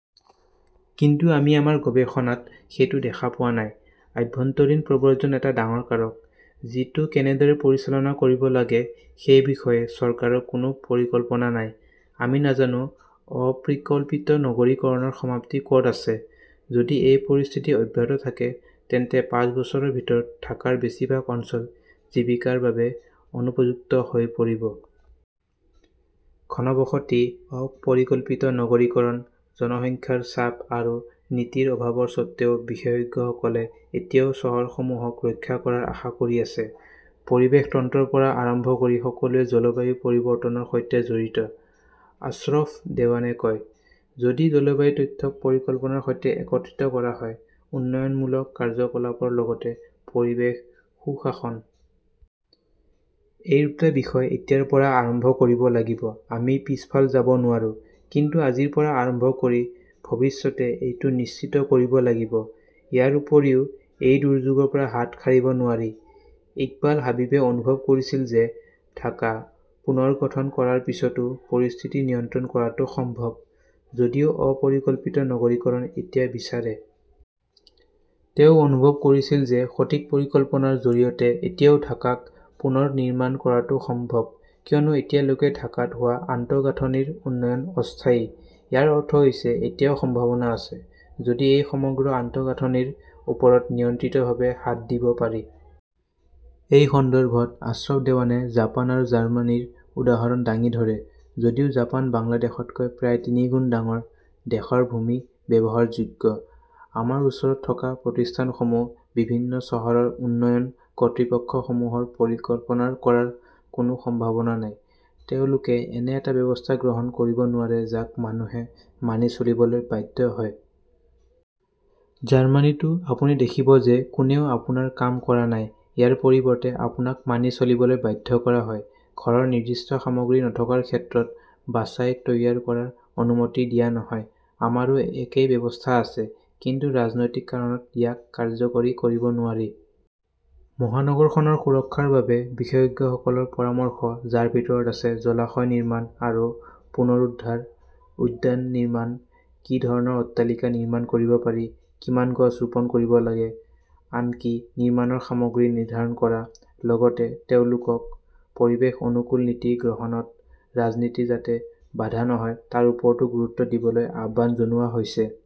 কিন্তু আমি আমাৰ গৱেষণাত সেইটো দেখা পোৱা নাই। আভ্যন্তৰীণ প্ৰব্ৰজন এটা ডাঙৰ কাৰক, যিটো কেনেদৰে পৰিচালনা কৰিব লাগে সেই বিষয়ে চৰকাৰৰ কোনো পৰিকল্পনা নাই। আমি নাজানো অপ্ৰিকল্পিত নগৰীকৰণৰ সমাপ্তি ক'ত আছে। যদি এই পৰিস্থিতি অব্যাহত থাকে, তেন্তে পাঁচ বছৰৰ ভিতৰত ঢাকাৰ বেছিভাগ অঞ্চল জীৱিকাৰ বাবে অনুপযুক্ত হৈ পৰিব। ঘনবসতি, অ-পৰিকল্পিত নগৰীকৰণ, জনসংখ্যাৰ চাপ আৰু নীতিৰ অভাৱৰ স্বত্বেও বিশেষজ্ঞসকলে এতিয়াও চহৰসমূহক ৰক্ষা কৰাৰ আশা কৰি আছে। "পৰিৱেশ তন্ত্ৰৰ পৰা আৰম্ভ কৰি সকলোৱে জলবায়ু পৰিৱৰ্তনৰ সৈতে জড়িত", আশ্ৰফ দেৱানে কয়। যদি জলবায়ু তথ্যক পৰিকল্পনাৰ সৈতে একত্ৰিত কৰা হয়, উন্নয়নমূলক কাৰ্যকলাপৰ লগতে পৰিৱেশ সু-শাসন। এই দুটা বিষয় এতিয়াৰ পৰাই আৰম্ভ কৰিব লাগিব। আমি পিছফালে যাব নোৱাৰো। কিন্তু আজিৰ পৰা আৰম্ভ কৰি ভৱিষ্যতে এইটো নিশ্চিত কৰিব লাগিব। ইয়াৰ উপৰিও এই দুৰ্যোগৰ পৰা হাত সাৰিব নোৱাৰি। ইকবাল হাবিবে অনুভৱ কৰিছিল যে ঢাকা পুনৰ্গঠন কৰাৰ পিছতো পৰিস্থিতি নিয়ন্ত্ৰণ কৰাটো সম্ভৱ, যদিও অ-পৰিকল্পিত নগৰীকৰণ এতিয়া বিচাৰে। তেওঁ অনুভৱ কৰিছিল যে সঠিক পৰিকল্পনাৰ জৰিয়তে এতিয়াও ঢাকাক পুনৰ নিৰ্মাণ কৰাটো সম্ভৱ, কিয়নো এতিয়ালৈকে ঢাকাত হোৱা আন্তঃগাঁথনিৰ উন্নয়ন অস্থায়ী। ইয়াৰ অৰ্থ হৈছে এতিয়াও সম্ভাৱনা আছে, যদি এই সমগ্ৰ আন্তঃগাঁথনিৰ ওপৰত নিয়ন্ত্ৰিতভাৱে হাত দিব পাৰি। এই সন্দৰ্ভত আশ্ৰফ দেৱানে জাপান আৰু জাৰ্মানীৰ উদাহৰণ দাঙি ধৰে। যদিও জাপান বাংলাদেশতকৈ প্ৰায় তিনিগুণ ডাঙৰ, দেশৰ ভূমি ব্যৱহাৰযোগ্য। আমাৰ ওচৰত থকা প্ৰতিষ্ঠানসমূহ, বিভিন্ন চহৰৰ উন্নয়ন কৰ্তৃপক্ষসমূহৰ পৰিকল্পনা কৰাৰ কোনো সম্ভাৱনা নাই। তেওঁলোকে এনে এটা ব্যৱস্থা গ্ৰহণ কৰিব নোৱাৰে যাক মানুহে মানি চলিবলৈ বাধ্য হয়। জাৰ্মানীতও আপুনি দেখিব যে কোনেও আপোনাৰ কাম কৰা নাই। ইয়াৰ পৰিৱৰ্তে আপোনাক মানি চলিবলৈ বাধ্য কৰা হয়। ঘৰৰ নিৰ্দিষ্ট সামগ্ৰী নথকাৰ ক্ষেত্ৰত বাচাই তৈয়াৰ কৰাৰ অনুমতি দিয়া নহয়। আমাৰো একেই ব্যৱস্থা আছে। কিন্তু ৰাজনৈতিক কাৰণত ইয়াক কাৰ্যকৰী কৰিব নোৱাৰি। মহানগৰখনৰ সুৰক্ষাৰ বাবে বিশেষজ্ঞসকলৰ পৰামৰ্শ, যাৰ ভিতৰত আছে জলাশয় নিৰ্মাণ আৰু পুনৰুদ্ধাৰ, উদ্যান নিৰ্মাণ, কি ধৰণৰ অট্টালিকা নিৰ্মাণ কৰিব পাৰি, কিমান গছ ৰোপণ কৰিব লাগে, আনকি নিৰ্মাণৰ সামগ্ৰী নিৰ্ধাৰণ কৰা। লগতে তেওঁলোকক পৰিৱেশ অনুকূল নীতি গ্ৰহণত ৰাজনীতি যাতে বাধা নহয় তাৰ ওপৰতো গুৰুত্ব দিবলৈ আহ্বান জনোৱা হৈছে।